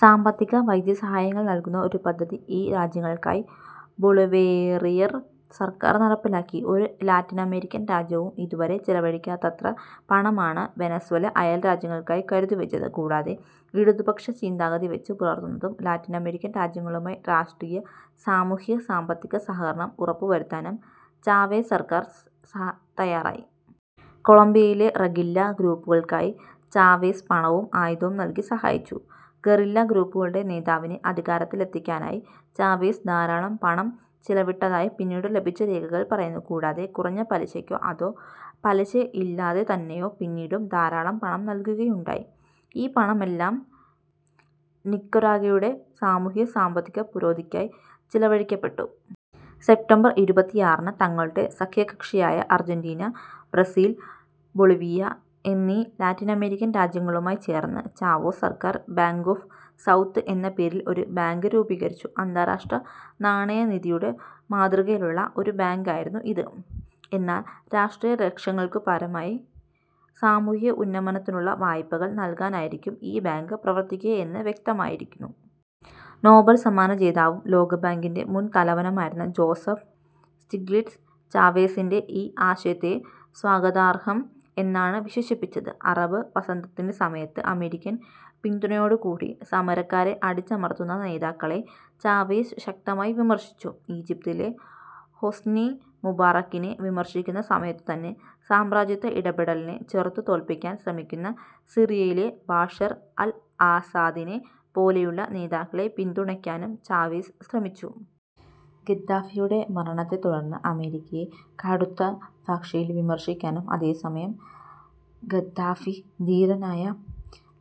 സാമ്പത്തിക, വൈദ്യ സഹായങ്ങൾ നൽകുന്ന ഒരു പദ്ധതി ഈ രാജ്യങ്ങൾക്കായി ബൊളിവേറിയർ സർക്കാർ നടപ്പിലാക്കി. ഒരു ലാറ്റിനമേരിക്കൻ രാജ്യവും ഇതുവരെ ചിലവഴിക്കാത്തത്ര പണമാണ് വെനസ്വേല അയൽരാജ്യങ്ങൾക്കായി കരുതിവെച്ചത്. കൂടാതെ ഇടതുപക്ഷ ചിന്താഗതി വെച്ചു പുലർത്തുന്ന ലാറ്റിനമേരിക്കൻ രാജ്യങ്ങളുമായി രാഷ്ട്രീയ, സാമൂഹിക, സാമ്പത്തിക സഹകരണം ഉറപ്പുവരുത്താനും ചാവേസ് സർക്കാർ തയ്യാറായി. കൊളംബിയയിലെ ഗറില്ലാ ഗ്രൂപ്പുകൾക്കായി ചാവേസ് പണവും ആയുധവും നൽകി സഹായിച്ചു. ഗറില്ലാ ഗ്രൂപ്പുകളുടെ നേതാവിനെ അധികാരത്തിലെത്തിക്കാനായി ചാവേസ് ധാരാളം പണം ചിലവിട്ടതായി പിന്നീടു ലഭിച്ച രേഖകൾ പറയുന്നു. കൂടാതെ, കുറഞ്ഞ പലിശക്കോ, അതോ പലിശ ഇല്ലാതെതന്നെയോ പിന്നീടും ധാരാളം പണം നൽകുകയുണ്ടായി. ഈ പണമെല്ലാം നിക്കരാഗ്വയുടെ സാമൂഹ്യ, സാമ്പത്തിക പുരോഗതിക്കായി ചിലവഴിക്കപ്പെട്ടു. സെപ്റ്റംബർ ഇരുപത്തിയാറിന് തങ്ങളുടെ സഖ്യകക്ഷിയായ അർജന്റീന, ബ്രസീൽ, ബൊളിവിയ എന്നീ ലാറ്റിനമേരിക്കൻ രാജ്യങ്ങളുമായി ചേർന്ന് ചാവോസ് സർക്കാർ ബാങ്ക് ഓഫ് സൗത്ത് എന്ന പേരിൽ ഒരു ബാങ്ക് രൂപീകരിച്ചു. അന്താരാഷ്ട്ര നാണയനിധിയുടെ മാതൃകയിലുള്ള ഒരു ബാങ്കായിരുന്നു ഇത്. എന്നാൽ രാഷ്ട്രീയലക്ഷ്യങ്ങൾക്കുപാരമായി സാമൂഹ്യ ഉന്നമനത്തിനുള്ള വായ്പകൾ നൽകാനായിരിക്കും ഈ ബാങ്ക് പ്രവർത്തിക്കുക എന്ന് വ്യക്തമാക്കിയിരുന്നു. നോബൽ സമ്മാന ജേതാവും, ലോകബാങ്കിന്റെ മുൻ തലവനുമായിരുന്ന ജോസഫ് സ്റ്റിഗ്ലിറ്റ്സ് ചാവേസിന്റെ ഈ ആശയത്തെ സ്വാഗതാർഹം എന്നാണ് വിശേഷിപ്പിച്ചത്. അറബ് വസന്തത്തിന്റെ സമയത്ത് അമേരിക്കൻ പിന്തുണയോടുകൂടി സമരക്കാരെ അടിച്ചമർത്തുന്ന നേതാക്കളെ ചാവേസ് ശക്തമായി വിമർശിച്ചു. ഈജിപ്തിലെ ഹൊസ്നി മുബാറക്കിനെ വിമർശിക്കുന്ന സമയത്തുതന്നെ സാമ്രാജ്യത്വ ഇടപെടലിനെ ചെറുത്തു തോൽപ്പിക്കാൻ ശ്രമിക്കുന്ന സിറിയയിലെ ബാഷർ അൽ ആസാദിനെ പോലെയുള്ള നേതാക്കളെ പിന്തുണയ്ക്കാനും ചാവേസ് ശ്രമിച്ചു. ഗദ്ദാഫിയുടെ മരണത്തെതുടർന്ന് അമേരിക്കയെ കടുത്തഭാഷയിൽ വിമർശിക്കാനും, അതേസമയം ഗദ്ദാഫി ധീരനായ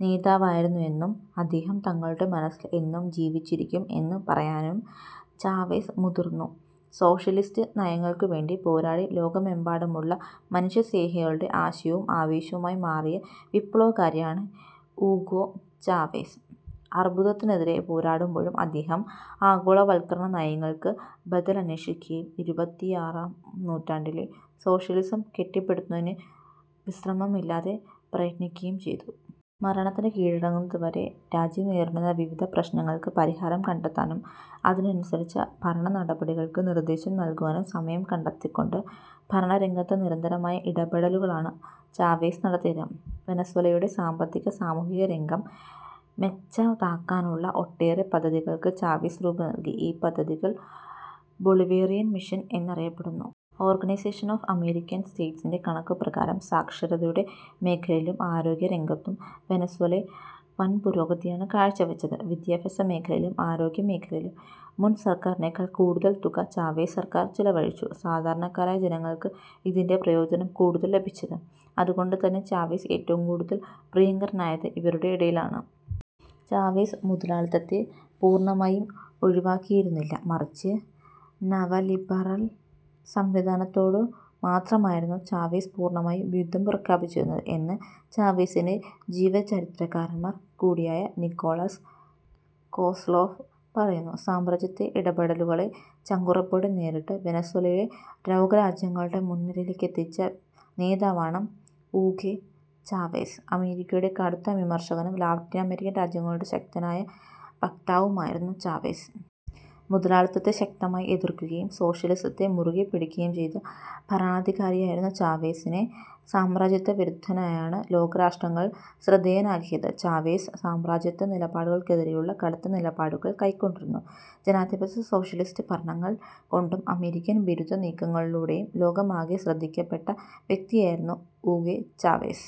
നേതാവായിരുന്നുവെന്നും അദ്ദേഹം ഞങ്ങളുടെ മനസ്സിൽ എന്നും ജീവിച്ചിരിക്കും എന്നു പറയാനും ചാവേസ് മുതിർന്നു സോഷ്യലിസ്റ്റ് നയങ്ങൾക്കുവേണ്ടി പോരാടി ലോകമെമ്പാടുമുള്ള മനുഷ്യസ്നേഹികളുടെ ആശയും ആവേശവുമായി മാറിയ വിപ്ലവകാരിയാണ് ഊഗോ ചാവെസ്. അർബുദത്തിനെതിരേ പോരാടുമ്പോഴും അദ്ദേഹം ആഗോളവൽക്കരണനയങ്ങൾക്ക് ബദലന്വേഷിക്കുകയും ഇരുപത്തിയാറാം നൂറ്റാണ്ടിലെ സോഷ്യലിസം കെട്ടിപ്പടുക്കുന്നതിന് വിശ്രമമില്ലാതെ പ്രയത്നിക്കുകയും ചെയ്തു. മരണത്തിന് കീഴടങ്ങുന്നതുവരെ രാജ്യം നേരിടുന്ന വിവിധ പ്രശ്നങ്ങൾക്ക് പരിഹാരം കണ്ടെത്താനും അതിനനുസരിച്ച ഭരണനടപടികൾക്ക് നിർദ്ദേശങ്ങൾ നൽകുവാനും സമയം കണ്ടെത്തിക്കൊണ്ട് ഭരണരംഗത്ത് നിരന്തരമായ ഇടപെടലുകളാണ് ചാവെസ് നടത്തിയത്. വെനസ്വേലയുടെ സാമ്പത്തിക, സാമൂഹിക, രംഗം മെച്ചതാക്കാനുള്ള ഒട്ടേറെ പദ്ധതികൾക്ക് ചാവേസ് രൂപം നൽകി. ഈ പദ്ധതികൾ ബൊളിവേറിയൻ മിഷൻ എന്നറിയപ്പെടുന്നു. ഓർഗനൈസേഷൻ ഓഫ് അമേരിക്കൻ സ്റ്റേറ്റ്സിന്റെ കണക്കുപ്രകാരം സാക്ഷരതയുടെ മേഖലയിലും, ആരോഗ്യരംഗത്തും വെനസ്വേല വൻപുരോഗതിയാണ് കാഴ്ചവെച്ചത്. വിദ്യാഭ്യാസ മേഖലയിലും, ആരോഗ്യ മേഖലയിലും മുൻ സർക്കാരിനേക്കാൾ കൂടുതൽ തുക ചാവേസ് സർക്കാർ ചിലവഴിച്ചു. സാധാരണക്കാരായ ജനങ്ങൾക്ക് ഇതിന്റെ പ്രയോജനം കൂടുതൽ ലഭിച്ചത്. അതുകൊണ്ടുതന്നെ ചാവേസ് ഏറ്റവും കൂടുതൽ പ്രിയങ്കരനായത് ഇവരുടെ ഇടയിലാണ്. ചാവേസ് മുതലാളിത്തത്തെ പൂർണ്ണമായും ഒഴിവാക്കിയിരുന്നില്ല, മറിച്ച് നവലിബറൽ സംവിധാനത്തോടു മാത്രമായിരുന്നു ചാവേസ് പൂർണ്ണമായും യുദ്ധം പ്രഖ്യാപിച്ചിരുന്നത് എന്ന് ചാവേസിനെ ജീവചരിത്രകാരമാർ കൂടിയായ നിക്കോളാസ് കോസ്ലോഫ് പറയുന്നു. സാമ്രാജ്യത്ത ഇടപെടലുകളെ ചങ്കുറപ്പോടെ നേരിട്ട് വെനസ്വേലയെ ലോകരാജ്യങ്ങളുടെ മുൻനിരയിലേക്ക് എത്തിച്ച നേതാവാണ് ഊഗേ ചാവെസ്. അമേരിക്കയുടെ കടുത്ത വിമർശകനും ലാറ്റിനമേരിക്കൻ രാജ്യങ്ങളുടെ ശക്തനായ വക്താവുമായിരുന്നു ചാവെസ്. മുതലാളിത്തത്തെ ശക്തമായി എതിർക്കുകയും സോഷ്യലിസത്തെ മുറുകെ പിടിക്കുകയും ചെയ്ത ഭരണാധികാരിയായിരുന്ന ചാവെസിനെ സാമ്രാജ്യത്വ വിരുദ്ധനായാണ് ലോകരാഷ്ട്രങ്ങൾ ശ്രദ്ധേയനാക്കിയത്. ചാവേസ് സാമ്രാജ്യത്വ നിലപാടുകൾക്കെതിരേയുള്ള കടുത്ത നിലപാടുകൾ കൈക്കൊണ്ടിരുന്നു. ജനാധിപത്യ-സോഷ്യലിസ്റ്റ് ഭരണങ്ങൾ കൊണ്ടും, അമേരിക്കൻ വിരുദ്ധ നീക്കങ്ങളിലൂടെയും ലോകമാകെ ശ്രദ്ധിക്കപ്പെട്ട വ്യക്തിയായിരുന്നു ഊഗേ ചാവെസ്.